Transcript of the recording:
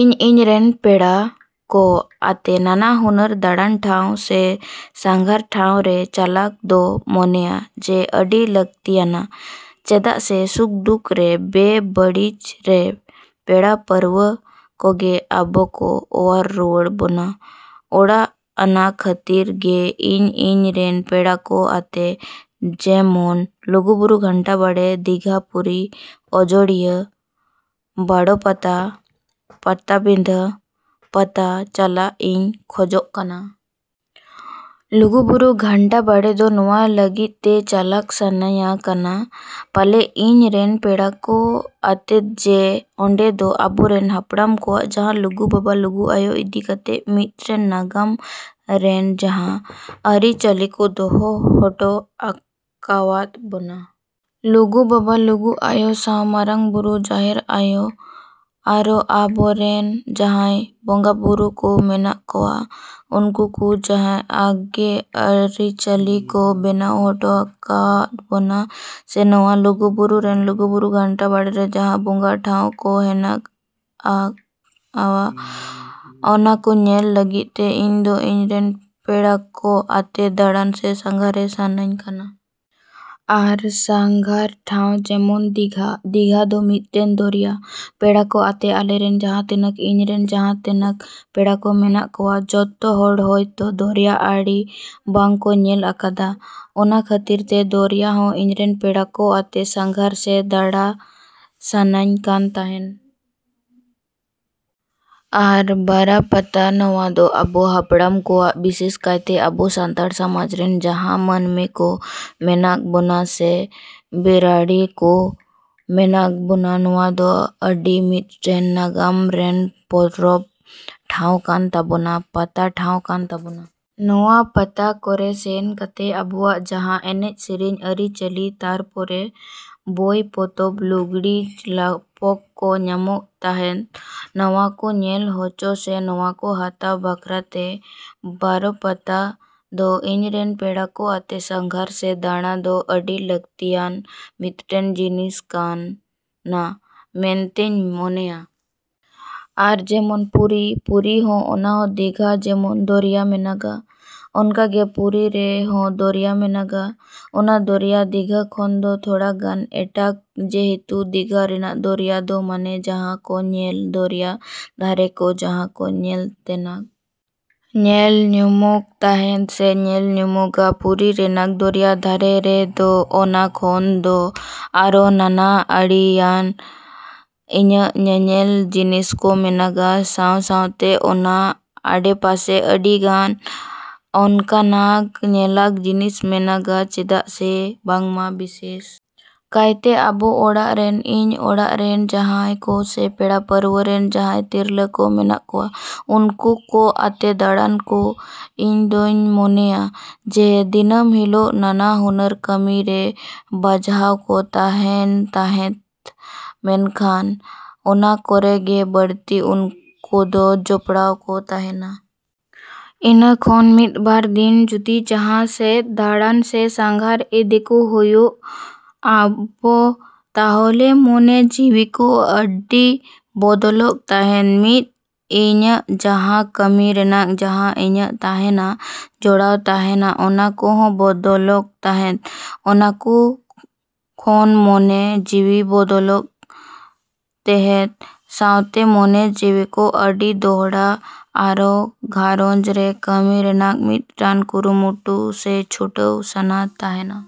ᱤᱧ ᱤᱧ ᱨᱮᱱ ᱯᱮᱲᱟᱠᱚ ᱟᱛᱮ ᱱᱟᱱᱟ ᱦᱩᱱᱟᱹᱨ ᱫᱟᱬᱟᱱ ᱴᱷᱟᱶ ᱥᱮ ᱥᱟᱸᱜᱷᱟᱨ ᱴᱷᱟᱶᱨᱮ ᱪᱟᱞᱟᱜ ᱫᱚ ᱢᱚᱱᱮᱭᱟ ᱡᱮ ᱟᱹᱰᱤ ᱞᱟᱹᱠᱛᱤᱭᱟᱱᱟ ᱪᱮᱫᱟᱜ ᱥᱮ ᱥᱩᱠᱼᱫᱩᱠᱨᱮ, ᱵᱮᱥ ᱵᱟᱹᱲᱤᱡᱨᱮ ᱯᱮᱲᱟ ᱯᱟᱹᱨᱣᱟᱹ ᱠᱚᱜᱮ ᱟᱵᱚᱠᱚ ᱚᱣᱟᱨ ᱨᱩᱣᱟᱹᱲ ᱵᱚᱱᱟ᱾ ᱟᱫᱚ ᱚᱱᱟ ᱠᱷᱟᱹᱛᱤᱨ ᱜᱮ ᱤᱧ ᱤᱧᱨᱮᱱ ᱯᱮᱲᱟᱠᱚ ᱟᱛᱮ ᱡᱮᱢᱚᱱ ᱞᱩᱜᱩᱵᱩᱨᱩ ᱜᱷᱟᱸᱱᱴᱟ ᱵᱟᱲᱮ, ᱫᱤᱜᱷᱟ, ᱯᱩᱨᱤ, ᱟᱡᱳᱲᱤᱭᱟᱹ, ᱵᱚᱨᱚ ᱯᱟᱛᱟ, ᱯᱟᱴᱟᱵᱤᱫᱟᱹ ᱯᱟᱛᱟ ᱪᱟᱞᱟᱜ ᱤᱧ ᱠᱷᱚᱡᱚᱜ ᱠᱟᱱᱟ᱾ ᱞᱩᱜᱩᱵᱩᱨᱩ ᱜᱷᱟᱸᱱᱴᱟ ᱵᱟᱲᱮ ᱫᱚ ᱱᱚᱣᱟ ᱞᱟᱹᱜᱤᱫ ᱛᱮ ᱪᱟᱞᱟᱜ ᱥᱟᱱᱟᱧ ᱠᱟᱱᱟ ᱯᱟᱞᱮᱱ ᱤᱧᱨᱮᱱ ᱯᱮᱲᱟᱠᱚ ᱟᱛᱮᱫ ᱡᱮ ᱚᱸᱰᱮᱫᱚ ᱟᱵᱚᱨᱮᱱ ᱦᱟᱯᱲᱟᱢ ᱠᱚᱣᱟᱜ ᱡᱟᱦᱟᱸ ᱞᱩᱜᱩᱵᱟᱵᱟ, ᱞᱩᱜᱩᱟᱭᱳ ᱤᱫᱤᱠᱟᱛᱮ ᱢᱤᱫᱴᱮᱱ ᱱᱟᱜᱟᱢ ᱨᱮᱱᱟᱜ ᱡᱟᱦᱟᱸ ᱟᱹᱨᱤ ᱪᱟᱹᱞᱤᱠᱚ ᱫᱚᱦᱚ ᱦᱚᱴᱚ ᱟᱠᱟᱣᱟᱫ ᱵᱚᱱᱟ᱾ ᱞᱩᱜᱩᱵᱟᱵᱟ, ᱞᱩᱜᱩ ᱟᱭᱳ ᱥᱟᱶ ᱢᱟᱨᱟᱝ ᱵᱩᱨᱩ, ᱡᱟᱦᱮᱨ ᱟᱭᱳ ᱟᱨᱚ ᱟᱵᱚᱨᱮᱱ ᱡᱟᱦᱟᱸᱭ ᱵᱚᱸᱜᱟᱵᱩᱨᱩ ᱠᱚ ᱢᱮᱱᱟᱜ ᱠᱚᱣᱟ ᱩᱱᱠᱩ ᱠᱚ ᱡᱟᱦᱟᱸ ᱟᱜᱮ ᱟᱹᱨᱤ ᱪᱟᱹᱞᱤ ᱠᱚ ᱵᱮᱱᱟᱣ ᱦᱚᱴᱚ ᱟᱠᱟᱣᱟᱫ ᱵᱚᱱᱟ ᱥᱮ ᱱᱚᱣᱟ ᱞᱩᱜᱩᱵᱩᱨᱩ ᱨᱮᱱᱟᱜ ᱞᱩᱜᱩᱵᱩᱨᱩ ᱜᱷᱟᱱᱴᱟ ᱵᱟᱲᱮᱨᱮ ᱡᱟᱦᱟᱸ ᱵᱚᱸᱜᱟ ᱴᱷᱟᱶ ᱠᱚ ᱦᱮᱱᱟᱜᱼᱟ ᱚᱱᱟᱠᱚ ᱧᱮᱞ ᱞᱟᱹᱜᱤᱫ ᱛᱮ ᱤᱧᱫᱚ ᱤᱧᱨᱮᱱ ᱯᱮᱲᱟᱠᱚ ᱟᱛᱮ ᱫᱟᱬᱟᱱ ᱥᱮ ᱥᱟᱸᱜᱷᱟᱨ ᱥᱟᱱᱟᱧ ᱠᱟᱱᱟ᱾ ᱟᱨ ᱥᱟᱸᱜᱷᱟᱨ ᱴᱷᱟᱶ ᱡᱮᱢᱚᱱ ᱫᱤᱜᱷᱟ, ᱫᱤᱜᱷᱟ ᱫᱚ ᱢᱤᱫᱴᱮᱱ ᱫᱚᱨᱭᱟ᱾ ᱯᱮᱲᱟᱠᱚ ᱟᱛᱮ ᱟᱞᱮᱨᱮᱱ ᱡᱟᱦᱟᱸ ᱛᱤᱱᱟᱹᱜ ᱤᱧᱨᱮᱱ ᱡᱟᱦᱟᱸ ᱛᱤᱱᱟᱹᱜ ᱯᱮᱲᱟᱠᱚ ᱢᱮᱱᱟᱜ ᱠᱚᱣᱟ ᱡᱚᱛᱚᱦᱚᱲ ᱦᱚᱭᱛᱚ ᱫᱚᱨᱭᱟ ᱟᱹᱰᱤ ᱵᱟᱝ ᱠᱚ ᱧᱮᱞ ᱟᱠᱟᱫᱼᱟ ᱚᱱᱟ ᱠᱷᱟᱹᱛᱤᱨᱛᱮ ᱫᱚᱨᱭᱟ ᱦᱚᱸ ᱤᱧᱨᱮᱱ ᱯᱮᱲᱟᱠᱚ ᱟᱛᱮ ᱥᱟᱸᱜᱷᱟᱨ ᱥᱮ ᱫᱟᱬᱟ ᱥᱟᱱᱟᱧ ᱠᱟᱱ ᱛᱟᱦᱮᱸᱫ᱾ ᱟᱨ ᱵᱚᱨᱚ ᱯᱟᱛᱟ ᱱᱚᱣᱟ ᱫᱚ ᱟᱵᱚ ᱦᱟᱯᱲᱟᱢ ᱠᱚᱣᱟᱜ ᱵᱤᱥᱮᱥ ᱠᱟᱭᱛᱮ ᱟᱵᱚ ᱥᱟᱱᱛᱟᱲ ᱥᱚᱢᱟᱡᱽᱨᱮᱱ ᱡᱟᱦᱟᱸᱭ ᱢᱟᱹᱱᱢᱤᱠᱚ ᱢᱮᱱᱟᱜ ᱵᱚᱱᱟ ᱥᱮ ᱵᱤᱨᱟᱹᱫᱟᱹᱞᱤᱠᱚ ᱢᱮᱱᱟᱜ ᱵᱚᱱᱟ ᱱᱚᱣᱟᱫᱚ ᱟᱹᱰᱤ ᱢᱤᱫᱴᱮᱱ ᱱᱟᱜᱟᱢ ᱨᱮᱱᱟᱜ ᱯᱚᱨᱚᱵᱽ ᱴᱷᱟᱶ ᱠᱟᱱ ᱛᱟᱵᱚᱱᱟ, ᱯᱟᱛᱟ ᱴᱷᱟᱶ ᱠᱟᱱ ᱛᱟᱵᱚᱱᱟ᱾ ᱱᱚᱣᱟ ᱯᱟᱛᱟ ᱠᱚᱨᱮ ᱥᱮᱱ ᱠᱟᱛᱮ ᱟᱵᱚᱣᱟᱜ ᱡᱟᱦᱟᱸ ᱮᱱᱮᱡ ᱥᱮᱨᱮᱧ, ᱟᱹᱨᱤ ᱪᱟᱹᱞᱤ ᱛᱟᱨᱯᱚᱨᱮ ᱵᱳᱭ ᱯᱚᱛᱚᱵᱽ, ᱞᱩᱜᱽᱲᱤᱡ ᱞᱟᱯᱳᱜ ᱠᱚ ᱧᱟᱢᱚᱜ ᱛᱟᱦᱮᱸᱫ᱾ ᱱᱚᱣᱟᱠᱚ ᱧᱮᱞ ᱦᱚᱪᱚ ᱥᱮ ᱱᱚᱣᱟᱠᱚ ᱦᱟᱛᱟᱣ ᱵᱟᱠᱷᱨᱟᱛᱮ ᱵᱚᱨᱚᱯᱟᱛᱟ ᱫᱚ ᱤᱧᱨᱮᱱ ᱯᱮᱲᱟᱠᱚ ᱟᱛᱮ ᱥᱟᱸᱜᱷᱟᱨ ᱥᱮ ᱫᱟᱬᱟᱫᱚ ᱟᱹᱰᱤ ᱞᱟᱹᱠᱛᱤᱭᱟᱱ ᱢᱤᱫᱴᱮᱱ ᱡᱤᱱᱤᱥ ᱠᱟᱱᱟ ᱢᱮᱱᱛᱤᱧ ᱢᱚᱱᱮᱭᱟ᱾ ᱟᱨ ᱡᱮᱢᱚᱱ ᱯᱩᱨᱤ, ᱯᱩᱨᱤᱦᱚᱸ ᱚᱱᱟᱦᱚᱸ ᱫᱤᱜᱷᱟ ᱡᱮᱢᱚᱱ ᱫᱚᱨᱭᱟ ᱢᱮᱱᱟᱜᱼᱟ ᱚᱱᱠᱟᱜᱮ ᱯᱩᱨᱤ ᱨᱮᱦᱚᱸ ᱫᱚᱨᱭᱟ ᱢᱮᱱᱟᱜᱼᱟ᱾ ᱚᱱᱟ ᱫᱚᱨᱭᱟ ᱫᱤᱜᱷᱟ ᱠᱷᱚᱱᱫᱚ ᱛᱷᱚᱲᱟᱜᱟᱱ ᱮᱴᱟᱜᱼᱟ ᱡᱮᱦᱮᱛᱩ ᱫᱤᱜᱷᱟ ᱨᱮᱱᱟᱜ ᱫᱚᱨᱭᱟᱫᱚ ᱢᱟᱱᱮ ᱡᱟᱦᱟᱸᱠᱚ ᱧᱮᱞ ᱫᱚᱨᱭᱟ ᱫᱷᱟᱨᱮ ᱠᱚᱨᱮ ᱡᱟᱦᱟᱸᱠᱚ ᱧᱮᱞ ᱛᱮᱱᱟᱜ ᱧᱮᱞ ᱧᱟᱢᱚᱜ ᱛᱟᱦᱮᱫ ᱥᱮ ᱧᱮᱞ ᱧᱟᱢᱚᱜᱼᱟ ᱯᱩᱨᱤ ᱨᱮᱱᱟᱜ ᱫᱚᱨᱭᱟ ᱫᱷᱟᱨᱮ ᱨᱮᱫᱚ ᱚᱱᱟᱠᱷᱚᱱ ᱫᱚ ᱟᱨᱚ ᱱᱟᱱᱟ ᱟᱹᱰᱤᱜᱟᱱ ᱤᱭᱟᱹ ᱧᱮᱧᱮᱞ ᱡᱤᱱᱤᱥᱠᱚ ᱢᱮᱱᱟᱜᱼᱟ ᱥᱟᱶ ᱥᱟᱶᱛᱮ ᱚᱱᱟ ᱟᱲᱮᱯᱟᱥᱮ ᱟᱹᱰᱤᱜᱟᱱ ᱚᱱᱠᱟᱱᱟᱜ ᱧᱮᱞᱟᱜ ᱡᱤᱱᱤᱥ ᱢᱮᱱᱟᱜᱼᱟ ᱪᱮᱫᱟᱜ ᱥᱮ ᱵᱟᱝᱢᱟ ᱵᱤᱥᱮᱥ ᱠᱟᱭᱛᱮ ᱟᱵᱚ ᱚᱲᱟᱜ ᱨᱮᱱ ᱤᱧ ᱚᱲᱟᱜ ᱨᱮᱱ ᱡᱟᱦᱟᱸᱭ ᱠᱚ ᱥᱮ ᱯᱮᱲᱟ ᱯᱟᱹᱨᱣᱟᱹᱨᱮᱱ ᱡᱟᱦᱟᱸᱭ ᱛᱤᱨᱞᱟᱹ ᱠᱚ ᱢᱮᱱᱟᱜ ᱠᱚᱣᱟ ᱩᱱᱠᱩ ᱠᱚ ᱟᱛᱮ ᱫᱟᱲᱟᱱ ᱫᱚ ᱤᱧᱫᱩᱧ ᱢᱚᱱᱮᱭᱟ ᱡᱮ ᱫᱤᱱᱟᱹᱢ ᱦᱤᱞᱳᱜ ᱱᱟᱱᱟ ᱦᱩᱱᱟᱹᱨ ᱠᱟᱹᱢᱤᱨᱮ ᱵᱟᱡᱷᱟᱣ ᱠᱚ ᱛᱟᱦᱮᱱ ᱛᱟᱦᱮᱸᱫ ᱢᱮᱱᱠᱷᱟᱱ ᱚᱱᱟ ᱠᱚᱨᱮᱜᱮ ᱵᱟᱹᱲᱛᱤ ᱩᱱᱠᱚᱫᱚ ᱡᱚᱯᱲᱟᱣ ᱠᱚ ᱛᱮᱦᱮᱱᱟ᱾ ᱤᱱᱟᱹᱠᱷᱟᱱ ᱢᱤᱫᱵᱟᱨ ᱫᱤᱱ ᱡᱩᱫᱤ ᱡᱟᱦᱟᱸᱥᱮᱫ ᱫᱟᱲᱟᱱ ᱥᱮ ᱥᱟᱸᱜᱷᱟᱨ ᱤᱫᱤᱠᱚ ᱦᱩᱭᱩᱜᱼᱟ ᱛᱟᱦᱚᱞᱮ ᱢᱚᱱᱮ ᱡᱤᱣᱤᱠᱚ ᱟᱹᱰᱤ ᱵᱚᱫᱚᱞᱚᱜ ᱛᱮᱦᱮᱸᱫ᱾ ᱢᱤᱫ ᱤᱭᱟᱹ ᱡᱟᱦᱟᱸ ᱠᱟᱹᱢᱤ ᱨᱮᱱᱟᱜ ᱡᱟᱦᱟᱸ ᱤᱭᱟᱹ ᱛᱮᱦᱮᱱᱟ ᱡᱚᱲᱟᱣ ᱛᱮᱦᱮᱱᱟ ᱚᱱᱟᱠᱚ ᱦᱚᱸ ᱵᱚᱫᱚᱞᱚᱜ ᱛᱮᱦᱮᱸᱫ ᱚᱱᱟᱠᱚ ᱠᱷᱚᱱ ᱢᱚᱱᱮ ᱡᱤᱣᱤ ᱵᱚᱫᱚᱞᱚᱜ ᱛᱮᱦᱮᱸᱫ ᱥᱟᱶᱛᱮ ᱢᱚᱱᱮ ᱡᱤᱣᱤᱠᱚ ᱟᱹᱰᱤ ᱫᱚᱦᱲᱟ ᱟᱨᱚ ᱜᱷᱟᱨᱚᱸᱡᱽ ᱨᱮ ᱠᱟᱹᱢᱤ ᱨᱮᱱᱟᱜ ᱢᱤᱫᱴᱮᱱ ᱠᱩᱨᱩᱢᱩᱴᱩ ᱥᱮ ᱪᱷᱩᱴᱟᱹᱣ ᱥᱟᱱᱟ ᱛᱮᱦᱮᱱᱟ᱾।